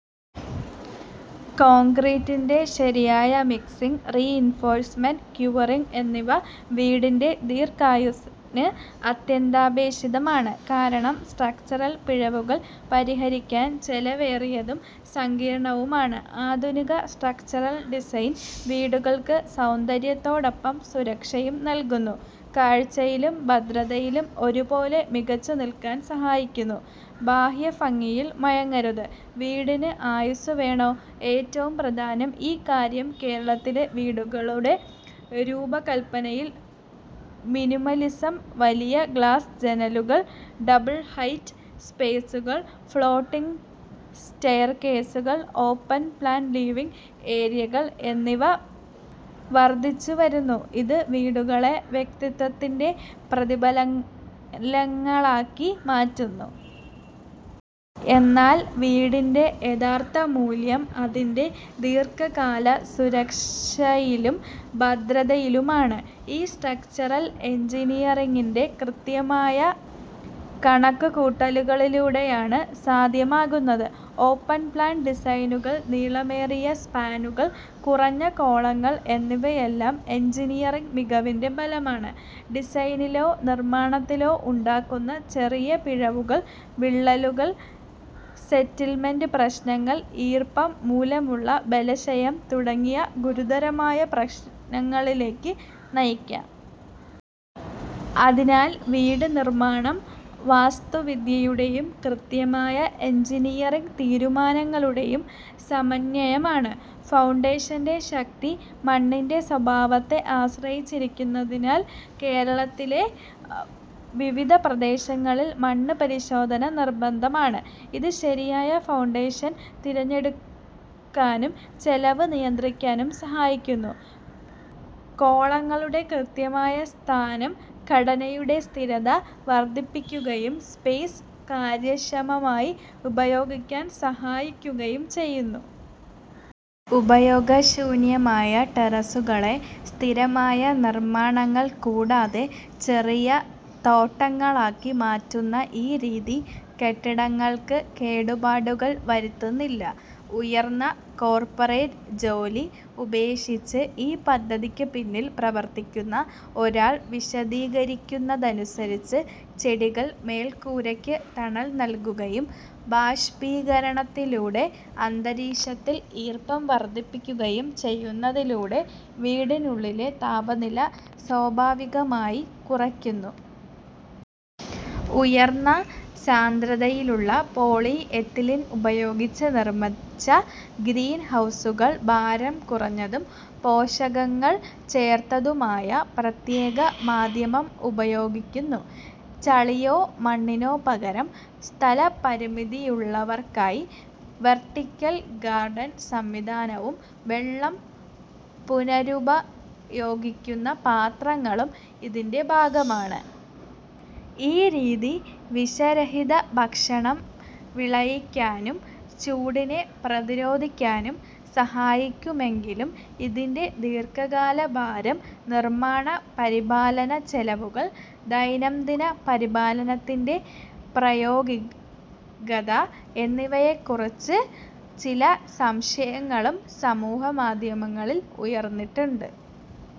കോൺക്രീറ്റിന്റെ ശരിയായ mixing, reinforcement, curing എന്നിവ വീടിന്റെ ദീർഘായുസ്സിന് അത്യന്താപേക്ഷിതമാണ്, കാരണം സ്ട്രക്ചറൽ പിഴവുകൾ പരിഹരിക്കാൻ ചെലവേറിയതും സങ്കീർണ്ണവുമാണ്. ആധുനിക സ്ട്രക്ചറൽ ഡിസൈൻ വീടുകൾക്ക് സൗന്ദര്യത്തോടൊപ്പം സുരക്ഷയും നൽകുന്നു, കാഴ്ചയിലും ഭദ്രതയിലും ഒരുപോലെ മികച്ചുനിൽക്കാൻ സഹായിക്കുന്നു. ബാഹ്യഭംഗിയിൽ മയങ്ങരുത്: വീടിന് ആയുസ്സ് വേണോ? ഏറ്റവും പ്രധാനം ഈ കാര്യം കേരളത്തിലെ വീടുകളുടെ രൂപകൽപ്പനയിൽ മിനിമലിസം, വലിയ ഗ്ലാസ് ജനലുകൾ, ഡബിൾ-ഹൈറ്റ് സ്പേസുകൾ, ഫ്ലോട്ടിങ് സ്റ്റെയർകേസുകൾ, ഓപ്പൺ-പ്ലാൻ ലിവിങ് ഏരിയകൾ എന്നിവ വർദ്ധിച്ചുവരുന്നു, ഇത് വീടുകളെ വ്യക്തിത്വത്തിന്റെ പ്രതിഫലനങ്ങളാക്കി മാറ്റുന്നു. എന്നാൽ വീടിന്റെ യഥാർത്ഥ മൂല്യം അതിന്റെ ദീർഘകാല സുരക്ഷയിലും ഭദ്രതയിലുമാണ്, ഇത് സ്ട്രക്ചറൽ എൻജിനീയറിംഗിന്റെ കൃത്യമായ കണക്കുകൂട്ടലുകളിലൂടെയാണ് സാധ്യമാകുന്നത്. ഓപ്പൺ-പ്ലാൻ ഡിസൈനുകൾ, നീളമേറിയ സ്പാനുകൾ, കുറഞ്ഞ കോളങ്ങൾ എന്നിവയെല്ലാം എൻജിനീയറിംഗ് മികവിന്റെ ഫലമാണ്; ഡിസൈനിലോ നിർമ്മാണത്തിലോ ഉണ്ടാകുന്ന ചെറിയ പിഴവുകൾ വിള്ളലുകൾ, സെറ്റിൽമെന്റ് പ്രശ്നങ്ങൾ, ഈർപ്പം മൂലമുള്ള ബലക്ഷയം തുടങ്ങിയ ഗുരുതരമായ പ്രശ്നങ്ങളിലേക്ക് നയിക്കാം. അതിനാൽ, വീട് നിർമ്മാണം വാസ്തുവിദ്യയുടെയും കൃത്യമായ എഞ്ചിനീയറിംഗ് തീരുമാനങ്ങളുടെയും സമന്വയമാണ്. ഫൗണ്ടേഷന്റെ ശക്തി മണ്ണിന്റെ സ്വഭാവത്തെ ആശ്രയിച്ചിരിക്കുന്നതിനാൽ, കേരളത്തിലെ വിവിധ പ്രദേശങ്ങളിൽ മണ്ണ് പരിശോധന നിർബന്ധമാണ്, ഇത് ശരിയായ ഫൗണ്ടേഷൻ തിരഞ്ഞെടുക്കാനും ചെലവ് നിയന്ത്രിക്കാനും സഹായിക്കുന്നു. കോളങ്ങളുടെ കൃത്യമായ സ്ഥാനം ഘടനയുടെ സ്ഥിരത വർദ്ധിപ്പിക്കുകയും സ്പേസ് കാര്യക്ഷമമായി ഉപയോഗിക്കാൻ സഹായിക്കുകയും ചെയ്യുന്നു. ഉപയോഗശൂന്യമായ ടെറസുകളെ സ്ഥിരമായ നിർമ്മാണങ്ങൾ കൂടാതെ ചെറിയ തോട്ടങ്ങളാക്കി മാറ്റുന്ന ഈ രീതി, കെട്ടിടങ്ങൾക്ക് കേടുപാടുകൾ വരുത്തുന്നില്ല. ഉയർന്ന കോർപ്പറേറ്റ് ജോലി ഉപേക്ഷിച്ച് ഈ പദ്ധതിക്ക് പിന്നിൽ പ്രവർത്തിക്കുന്ന ഒരാൾ വിശദീകരിക്കുന്നതനുസരിച്ച്, ചെടികൾ മേൽക്കൂരയ്ക്ക് തണൽ നൽകുകയും ബാഷ്പീകരണത്തിലൂടെ അന്തരീക്ഷത്തിൽ ഈർപ്പം വർദ്ധിപ്പിക്കുകയും ചെയ്യുന്നതിലൂടെ വീടിനുള്ളിലെ താപനില സ്വാഭാവികമായി കുറയ്ക്കുന്നു. ഉയർന്ന സാന്ദ്രതയുള്ള പോളിയെത്തിലീൻ ഉപയോഗിച്ച് നിർമ്മിച്ച ഗ്രീൻഹൗസുകൾ, ഭാരം കുറഞ്ഞതും പോഷകങ്ങൾ ചേർത്തതുമായ പ്രത്യേക മാധ്യമം ഉപയോഗിക്കുന്നു, ചളിയോ മണ്ണിനോ പകരം. സ്ഥലപരിമിതിയുള്ളവർക്കായി വെർട്ടിക്കൽ ഗാർഡൻ സംവിധാനവും വെള്ളം പുനരുപയോഗിക്കുന്ന പാത്രങ്ങളും ഇതിന്റെ ഭാഗമാണ്. ഈ രീതി വിഷരഹിത ഭക്ഷണം വിളയിക്കാനും ചൂടിനെ പ്രതിരോധിക്കാനും സഹായിക്കുമെങ്കിലും, ഇതിന്റെ ദീർഘകാല ഭാരം, നിർമ്മാണ, പരിപാലന ചെലവുകൾ, ദൈനംദിന പരിപാലനത്തിന്റെ പ്രായോഗികത എന്നിവയെക്കുറിച്ച് ചില സംശയങ്ങളും സമൂഹമാധ്യമങ്ങളിൽ ഉയർന്നിട്ടുണ്ട്.